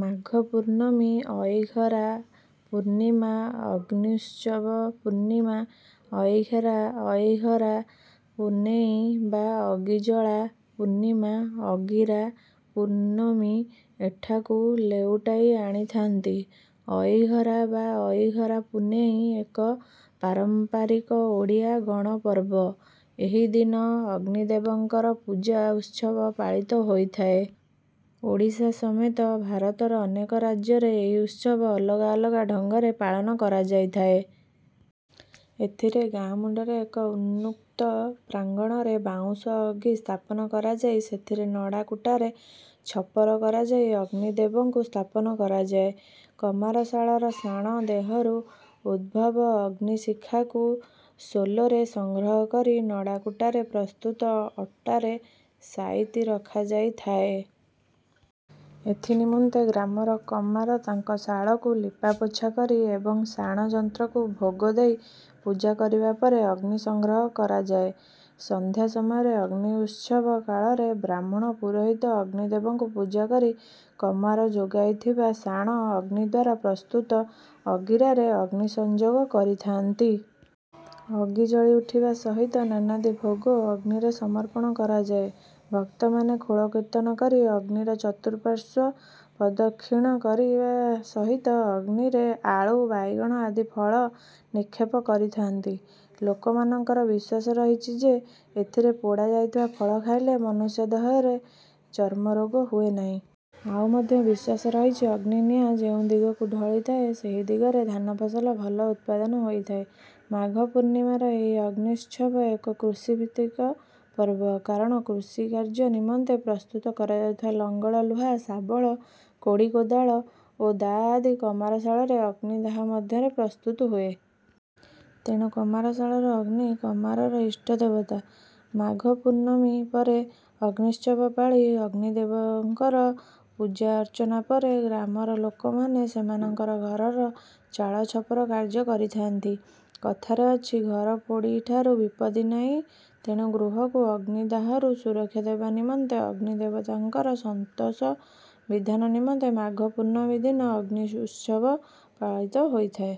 ମାଘ ପୂର୍ଣ୍ଣମୀ ଅଇଘରା ପୂର୍ଣ୍ଣିମା ଅଗ୍ନ୍ୟୁତ୍ସବ ପୂର୍ଣ୍ଣିମା ଅଇଘେରା ଅଇଘରା ପୁନେଇଁ ବା ଅଗିଜଳା ପୂର୍ଣ୍ଣିମା ଅଗିରା ପୂର୍ଣ୍ଣମୀ ଏଠାକୁ ଲେଉଟାଇ ଆଣିଥାନ୍ତି। ଅଇଘରା ବା ଅଇଘରା ପୁନେଇଁ ଏକ ପାରମ୍ପାରିକ ଓଡ଼ିଆ ଗଣପର୍ବ। ଏହି ଦିନ ଅଗ୍ନିଦେବଙ୍କର ପୂଜା ଉତ୍ସବ ପାଳିତ ହୋଇଥାଏ। ଓଡ଼ିଶା ସମେତ ଭାରତର ଅନେକ ରାଜ୍ୟରେ ଏହି ଉତ୍ସବ ଅଲଗା ଅଲଗା ଢଙ୍ଗରେ ପାଳନ କରାଯାଇଥାଏ। ଏଥିରେ ଗାଁ ମୁଣ୍ଡରେ ଏକ ଉନ୍ମୁକ୍ତ ପ୍ରାଙ୍ଗଣରେ ବାଉଁଶ ଅଗି ସ୍ଥାପନ କରାଯାଇ ସେଥିରେ ନଡ଼ା କୁଟାରେ ଛପର କରାଯାଇ ଅଗ୍ନି ଦେବଙ୍କୁ ସ୍ଥାପନ କରାଯାଏ। କମାରଶାଳର ଶାଣ ଦେହରୁ ଉଦ୍ଭବ ଅଗ୍ନିଶିଖାକୁ ଶୋଲରେ ସଂଗ୍ରହ କରି ନଡ଼ା କୁଟାରେ ପ୍ରସ୍ତୁତ ଅଟାରେ ସାଇତି ରଖାଯାଇଥାଏ। ଏଥି ନିମନ୍ତେ ଗ୍ରାମର କମାର ତାଙ୍କ ଶାଳକୁ ଲିପା ପୋଛା କରି ଏବଂ ଶାଣ ଯନ୍ତ୍ରକୁ ଭୋଗ ଦେଇ ପୂଜା କରିବା ପରେ ଅଗ୍ନି ସଂଗ୍ରହ କରାଯାଏ। ସନ୍ଧ୍ୟା ସମୟରେ ଅଗ୍ନି ଉତ୍ସବ କାଳରେ ବ୍ରାହ୍ମଣ ପୁରୋହିତ ଅଗ୍ନିଦେବଙ୍କୁ ପୂଜା କରି କମାର ଯୋଗାଇଥିବା ଶାଣ ଅଗ୍ନିଦ୍ୱାରା ପ୍ରସ୍ତୁତ ଅଗିରାରେ ଅଗ୍ନି ସଂଯୋଗ କରିଥାଆନ୍ତି। ଅଗି ଜଳି ଉଠିବା ସହିତ ନାନାଦି ଭୋଗ ଅଗ୍ନିରେ ସମର୍ପଣ କରାଯାଏ। ଭକ୍ତମାନେ ଖୋଳ କୀର୍ତ୍ତନ କରି ଅଗ୍ନିର ଚତୁଃପାର୍ଶ୍ୱ ପ୍ରଦକ୍ଷିଣ କରିବା ସହିତ ଅଗ୍ନିରେ ଆଳୁ ବାଇଗଣ ଆଦି ଫଳ ନିକ୍ଷେପ କରିଥାଆନ୍ତି। ଲୋକମାନଙ୍କର ବିଶ୍ୱାସ ରହିଛି ଯେ ଏଥିରେ ପୋଡ଼ା ଯାଇଥିବା ଫଳ ଖାଇଲେ ମନୁଷ୍ୟ ଦେହରେ ଚର୍ମରୋଗ ହୁଏ ନାହିଁ। ଆଉ ମଧ୍ୟ ବିଶ୍ୱାସ ରହିଛି ଅଗ୍ନି ନିଆଁ ଯେଉଁ ଦିଗକୁ ଢଳିଥାଏ ସେହି ଦିଗରେ ଧାନ ଫସଲ ଭଲ ଉତ୍ପାଦନ ହୋଇଥାଏ। ମାଘ ପୂର୍ଣ୍ଣମୀର ଏହି ଅଗ୍ନୀତ୍ସବ ଏକ କୃଷିଭିତ୍ତିକ ପର୍ବ। କାରଣ କୃଷି କାର୍ଯ୍ୟ ନିମନ୍ତେ ପ୍ରସ୍ତୁତ କରାଯାଉଥିବା ଲଙ୍ଗଳ ଲୁହା ଶାବଳ କୋଡ଼ି କୋଦାଳ ଓ ଦାଆ ଆଦି କମାର ଶାଳରେ ଅଗ୍ନିଦାହ ମଧ୍ୟରେ ପ୍ରସ୍ତୁତ ହୁଏ। ତେଣୁ କମାର ଶାଳର ଅଗ୍ନି କମାରର ଇଷ୍ଟ ଦେବତା। ମାଘ ପୂର୍ଣ୍ଣମୀ ପରେ ଅଗ୍ନୀତ୍ସବ ପାଳି ଅଗ୍ନି ଦେବଙ୍କର ପୂଜା ଅର୍ଚ୍ଚନା ପରେ ଗ୍ରାମର ଲୋକମାନେ ସେମାନଙ୍କର ଘରର ଚାଳ ଛପର କାର୍ଯ୍ୟ କରିଥାଆନ୍ତି। କଥାରେ ଅଛି ଘର ପୋଡ଼ିଠାରୁ ବିପତ୍ତି ନାହିଁ। ତେଣୁ ଗୃହକୁ ଅଗ୍ନିଦାହରୁ ସୁରକ୍ଷା ଦେବା ନିମନ୍ତେ ଅଗ୍ନି ଦେବତାଙ୍କର ସନ୍ତୋଷ ବିଧାନ ନିମନ୍ତେ ମାଘ ପୂର୍ଣ୍ଣମୀ ଦିନ ଅଗ୍ନି ଉତ୍ସବ ପାଳିତ ହୋଇଥାଏ।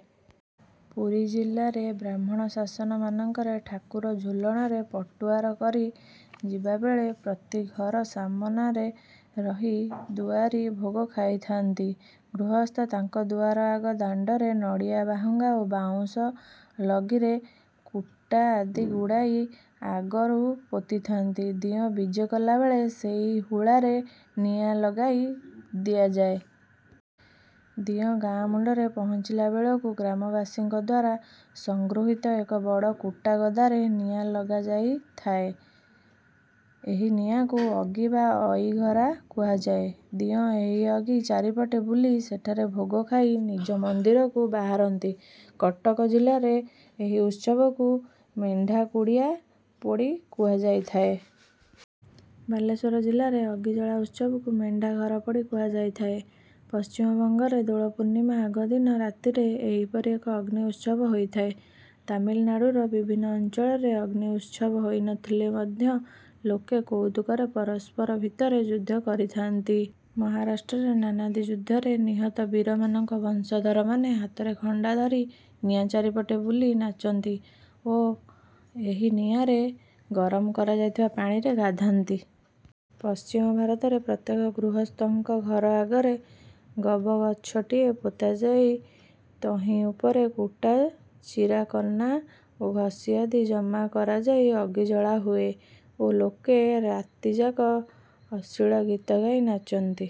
ପୁରୀ ଜିଲ୍ଲାରେ ବ୍ରାହ୍ମଣ ଶାସନମାନଙ୍କରେ ଠାକୁର ଝୁଲଣରେ ପଟୁଆର କରି ଯିବାବେଳେ ପ୍ରତି ଘର ସାମନାରେ ରହି ଦୁଆରି ଭୋଗ ଖାଇଥାନ୍ତି। ଗୃହସ୍ଥ ତାଙ୍କ ଦୁଆର ଆଗ ଦାଣ୍ଡରେ ନଡ଼ିଆ ବାହୁଙ୍ଗା ଓ ବାଉଁଶ ଲଗିରେ କୁଟା ଆଦି ଗୁଡ଼ାଇ ଆଗରୁ ପୋତି ଥାନ୍ତି। ଦିଅଁ ବିଜେ କଲାବେଳେ ସେହି ହୁଳାରେ ନିଆଁ ଲଗାଇ ଦିଆଯାଏ। ଦିଅଁ ଗାଁ ମୁଣ୍ଡରେ ପହଞ୍ଚିଲା ବେଳକୁ ଗ୍ରାମବାସୀଙ୍କ ଦ୍ୱାରା ସଂଗୃହିତ ଏକ ବଡ଼ କୁଟାଗଦାରେ ନିଆଁ ଲଗାଯାଇଥାଏ। ଏହି ନିଆଁକୁ ଅଗି ବା ଅଇଘରା କୁହାଯାଏ। ଦିଅଁ ଏହି ଅଗି ଚାରିପଟେ ବୁଲି ସେଠାରେ ଭୋଗ ଖାଇ ନିଜ ମନ୍ଦିରକୁ ବାହାରନ୍ତି। କଟକ ଜିଲ୍ଲାରେ ଏହି ଉତ୍ସବକୁ ମେଣ୍ଢାକୁଡ଼ିଆ ପୋଡ଼ି କୁହାଯାଇଥାଏ। ବାଲେଶ୍ୱର ଜିଲ୍ଲାରେ ଅଗିଜଳା ଉତ୍ସବକୁ ମେଣ୍ଢାଘର ପୋଡ଼ି କୁହାଯାଇଥାଏ। ପଶ୍ଚିମବଙ୍ଗରେ ଦୋଳ ପୂର୍ଣ୍ଣିମା ଆଗ ଦିନ ରାତିରେ ଏହି ପରି ଏକ ଅଗ୍ନି ଉତ୍ସବ ହୋଇଥାଏ। ତାମିଲନାଡୁର ବିଭିନ୍ନ ଅଞ୍ଚଳରେ ଅଗ୍ନି ଉତ୍ସବ ହୋଇନଥିଲେ ମଧ୍ୟ ଲୋକେ କଉତୁକରେ ପରସ୍ପର ଭିତରେ ଯୁଦ୍ଧ କରିଥାନ୍ତି। ମହାରାଷ୍ଟ୍ରରେ ନାନାଦି ଯୁଦ୍ଧରେ ନିହତ ବୀରମାନଙ୍କ ବଂଶଧରମାନେ ହାତରେ ଖଣ୍ଡା ଧରି ନିଆଁ ଚାରିପଟେ ବୁଲି ନାଚନ୍ତି ଓ ଏହି ନିଆଁରେ ଗରମ କରାଯାଇଥିବା ପାଣିରେ ଗାଧାନ୍ତି। ପଶ୍ଚିମ ଭାରତରେ ପ୍ରତ୍ୟେକ ଗୃହସ୍ଥଙ୍କ ଘର ଆଗରେ ଗବଗଛଟିଏ ପୋତାଯାଇ ତହିଁ ଉପରେ କୁଟା ଚିରାକନା ଓ ଘଷି ଆଦି ଜମା କରାଯାଇ ଅଗି ଜଳା ହୁଏ ଓ ଲୋକେ ରାତିଯାକ ଅଶ୍ଳୀଳ ଗୀତ ଗାଇ ନାଚନ୍ତି।